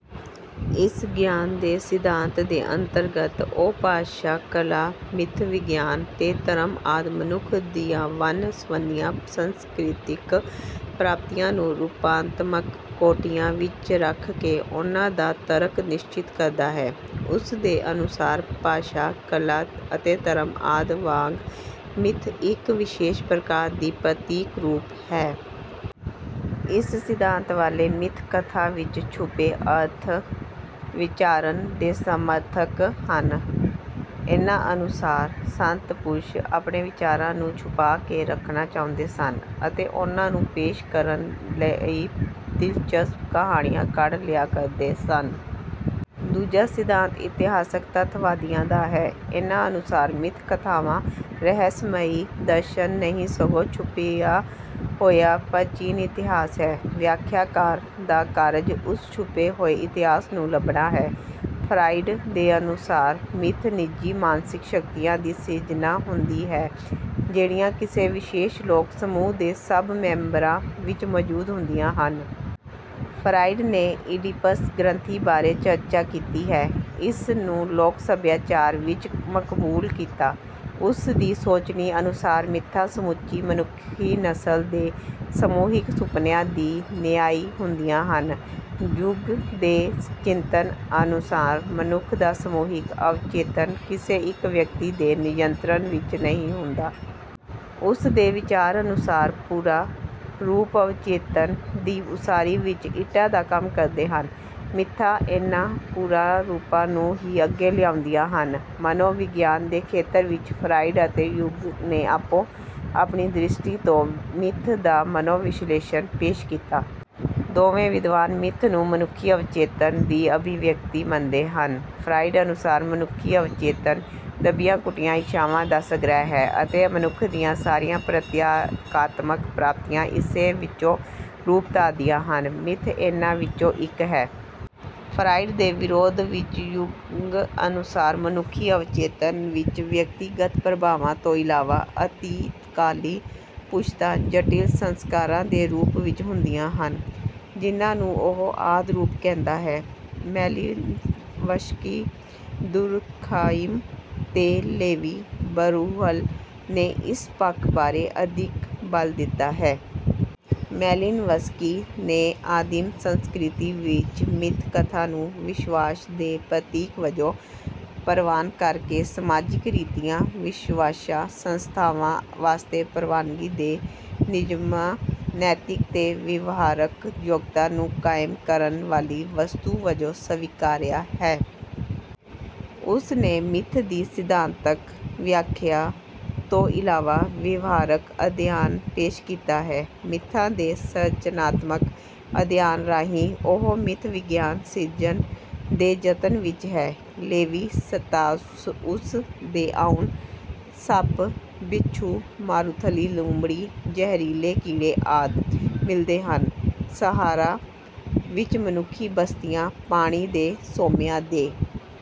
ਇਸ ਗਿਆਨ ਦੇ ਸਿਧਾਂਤ ਦੇ ਅੰਤਰਗਤ ਉਹ ਭਾਸ਼ਾ ਕਲਾ ਮਿੱਥ ਵਿਗਿਆਨ ਤੇ ਧਰਮ ਆਦਿ ਮਨੁੱਖ ਦੀਆਂ ਵੰਨ ਸੁਵੰਨੀਆਂ ਸਾਂਸਕ੍ਰਿਤਕ ਪ੍ਰਾਪਤੀਆਂ ਨੂੰ ਰੂਪਾਤਮਕ ਕੋਟੀਆਂ ਵਿੱਚ ਰੱਖ ਕੇ ਉਨ੍ਹਾਂ ਦਾ ਤਰਕ ਨਿਸ਼ਚਿਤ ਕਰਦਾ ਹੈ। ਉਸ ਦੇ ਅਨੁਸਾਰ ਭਾਸ਼ਾ ਕਲਾ ਅਤੇ ਧਰਮ ਆਦਿ ਵਾਂਗ ਮਿੱਥ ਇੱਕ ਵਿਸ਼ੇਸ਼ ਪ੍ਰਕਾਰ ਦਾ ਪ੍ਰਤੀਕ ਰੂਪ ਹੈ। ਇਸ ਸਿਧਾਂਤ ਵਾਲੇ ਮਿੱਥ ਕਥਾ ਵਿੱਚ ਛੁਪੇ ਅਰਥ ਵਿਚਾਰਣ ਦੇ ਸਮਰਥਕ ਹਨ। ਇਨ੍ਹਾਂ ਅਨੁਸਾਰ ਸੰਤ ਪੁਰਸ਼ ਆਪਣੇ ਵਿਚਾਰਾਂ ਨੂੰ ਛੁਪਾ ਕੇ ਰੱਖਣਾ ਚਾਹੁੰਦੇ ਸਨ ਅਤੇ ਉਨ੍ਹਾਂ ਨੂੰ ਪੇਸ਼ ਕਰਨ ਲਈ ਦਿਲਚਸਪ ਕਹਾਣੀਆਂ ਘੜ ਲਿਆ ਕਰਦੇ ਸਨ। ਦੂਜਾ ਸਿਧਾਂਤ ਇਤਿਹਾਸਕ ਤੱਥਵਾਦੀਆਂ ਦਾ ਹੈ। ਇਨ੍ਹਾਂ ਅਨੁਸਾਰ ਮਿੱਥ ਕਥਾਵਾਂ ਰਹੱਸਮਈ ਦਰਸ਼ਨ ਨਹੀਂ ਸਗੋਂ ਛੁਪਿਆ ਹੋਇਆ ਪ੍ਰਾਚੀਨ ਇਤਿਹਾਸ ਹੈ। ਵਿਆਖਿਆਕਾਰ ਦਾ ਕਾਰਜ ਉਸ ਛੁਪੇ ਹੋਏ ਇਤਿਹਾਸ ਨੂੰ ਲੱਭਣਾ ਹੈ। ਫਰਾਇਡ ਦੇ ਅਨੁਸਾਰ ਮਿੱਥ ਨਿੱਜੀ ਮਾਨਸਿਕ ਸ਼ਕਤੀਆਂ ਦੀ ਸਿਰਜਣਾ ਹੁੰਦੀ ਹੈ ਜਿਹੜੀਆਂ ਕਿਸੇ ਵਿਸ਼ੇਸ਼ ਲੋਕ ਸਮੂਹ ਦੇ ਸਭ ਮੈਂਬਰਾਂ ਵਿੱਚ ਮੌਜੂਦ ਹੁੰਦੀਆਂ ਹਨ। ਫਰਾਇਡ ਨੇ ਇਡੀਪਸ ਗ੍ਰੰਥੀ ਬਾਰੇ ਚਰਚਾ ਕੀਤੀ ਹੈ। ਇਸ ਨੂੰ ਲੋਕ ਸਭਿਆਚਾਰ ਵਿੱਚ ਮਕਬੂਲ ਕੀਤਾ। ਉਸ ਦੀ ਸੋਚਣੀ ਅਨੁਸਾਰ ਮਿੱਥਾਂ ਸਮੁੱਚੀ ਮਨੁੱਖੀ ਨਸਲ ਦੇ ਸਮੂਹਿਕ ਸੁਪਨਿਆਂ ਦੀ ਨਿਆਈ ਹੁੰਦੀਆਂ ਹਨ। ਜੁਗ ਦੇ ਚਿੰਤਨ ਅਨੁਸਾਰ ਮਨੁੱਖ ਦਾ ਸਮੂਹਿਕ ਅਵਚੇਤਨ ਕਿਸੇ ਇੱਕ ਵਿਅਕਤੀ ਦੇ ਨਿਯੰਤਰਣ ਵਿੱਚ ਨਹੀਂ ਹੁੰਦਾ। ਉਸ ਦੇ ਵਿਚਾਰ ਅਨੁਸਾਰ ਪੁਰਾ ਰੂਪ ਅਵਚੇਤਨ ਦੀ ਉਸਾਰੀ ਵਿੱਚ ਇੱਟਾਂ ਦਾ ਕੰਮ ਕਰਦੇ ਹਨ। ਮਿੱਥਾਂ ਇਨ੍ਹਾਂ ਪੁਰਾ ਰੂਪਾਂ ਨੂੰ ਹੀ ਅੱਗੇ ਲਿਆਉਂਦੀਆਂ ਹਨ। ਮਨੋ ਵਿਗਿਆਨ ਦੇ ਖੇਤਰ ਵਿੱਚ ਫਰਾਇਡ ਅਤੇ ਯੁਗ ਨੇ ਆਪੋ ਆਪਣੀ ਦ੍ਰਿਸ਼ਟੀ ਤੋਂ ਮਿੱਥ ਦਾ ਮਨੋ ਵਿਸ਼ਲੇਸ਼ਣ ਪੇਸ਼ ਕੀਤਾ। ਦੋਵੇਂ ਵਿਦਵਾਨ ਮਿੱਥ ਨੂੰ ਮਨੁੱਖੀ ਅਵਚੇਤਨ ਦੀ ਅਭਿਵਿਅਕਤੀ ਮੰਨਦੇ ਹਨ। ਫਰਾਇਡ ਅਨੁਸਾਰ ਮਨੁੱਖੀ ਅਵਚੇਤਨ ਦੱਬੀਆਂ ਘੁੱਟੀਆਂ ਇੱਛਾਵਾਂ ਦਾ ਸੰਗ੍ਰਹਿ ਹੈ ਅਤੇ ਮਨੁੱਖ ਦੀਆਂ ਸਾਰੀਆਂ ਪ੍ਰਤੀਕਾਤਮਕ ਪ੍ਰਾਪਤੀਆਂ ਇਸੇ ਵਿੱਚੋਂ ਰੂਪ ਧਾਰਦੀਆਂ ਹਨ। ਮਿੱਥ ਇਨ੍ਹਾਂ ਵਿੱਚੋਂ ਇੱਕ ਹੈ। ਫਰਾਇਡ ਦੇ ਵਿਰੋਧ ਵਿੱਚ ਯੁੰਗ ਅਨੁਸਾਰ ਮਨੁੱਖੀ ਅਵਚੇਤਨ ਵਿੱਚ ਵਿਅਕਤੀਗਤ ਪ੍ਰਭਾਵਾਂ ਤੋਂ ਇਲਾਵਾ ਅਤੀਤਕਾਲੀ ਪੁਸ਼ਤਾਂ ਜਟਿਲ ਸੰਸਕਾਰਾਂ ਦੇ ਰੂਪ ਵਿੱਚ ਹੁੰਦੀਆਂ ਹਨ। ਜਿਨ੍ਹਾਂ ਨੂੰ ਉਹ ਆਦਿ ਰੂਪ ਕਹਿੰਦਾ ਹੈ। ਮੈਲਿਨਵਸਕੀ ਦੁਰਖਾਈਮ ਤੇ ਲੇਵੀ ਬਰੁਹਲ ਨੇ ਇਸ ਪੱਖ ਬਾਰੇ ਅਧਿਕ ਬਲ ਦਿੱਤਾ ਹੈ। ਮੈਲਿਨਵਸਕੀ ਨੇ ਆਦਿਮ ਸੰਸਕ੍ਰਿਤੀ ਵਿੱਚ ਮਿੱਥ ਕਥਾ ਨੂੰ ਵਿਸ਼ਵਾਸ ਦੇ ਪ੍ਰਤੀਕ ਵਜੋਂ ਪ੍ਰਵਾਨ ਕਰ ਕੇ ਸਮਾਜਿਕ ਰੀਤੀਆਂ ਵਿਸ਼ਵਾਸਾਂ ਸੰਸਥਾਵਾਂ ਵਾਸਤੇ ਪ੍ਰਵਾਨਗੀ ਦੇ ਨਿਯਮਾਂ ਨੈਤਿਕ ਤੇ ਵਿਵਹਾਰਕ ਯੋਗਤਾ ਨੂੰ ਕਾਇਮ ਕਰਨ ਵਾਲੀ ਵਸਤੂ ਵਜੋਂ ਸਵੀਕਾਰਿਆ ਹੈ। ਉਸ ਨੇ ਮਿੱਥ ਦੀ ਸਿਧਾਂਤਕ ਵਿਆਖਿਆ ਤੋਂ ਇਲਾਵਾ ਵਿਵਹਾਰਕ ਅਧਿਐਨ ਪੇਸ਼ ਕੀਤਾ ਹੈ। ਮਿੱਥਾਂ ਦੇ ਸੰਰਚਨਾਤਮਕ ਅਧਿਐਨ ਰਾਹੀਂ ਉਹ ਮਿੱਥ ਵਿਗਿਆਨ ਸਿਰਜਣ ਦੇ ਯਤਨ ਵਿੱਚ ਹੈ। ਲੇਵੀ ਸਤ੍ਰਾਉਸ ਦੇ ਆਉਣ। ਸੱਪ ਬਿੱਛੂ ਮਾਰੂਥਲੀ ਲੂੰਬੜੀ ਜ਼ਹਿਰੀਲੇ ਕੀੜੇ ਆਦਿ ਮਿਲਦੇ ਹਨ। ਸਹਾਰਾ ਵਿੱਚ ਮਨੁੱਖੀ ਬਸਤੀਆਂ ਪਾਣੀ ਦੇ ਸੋਮਿਆਂ ਦੇ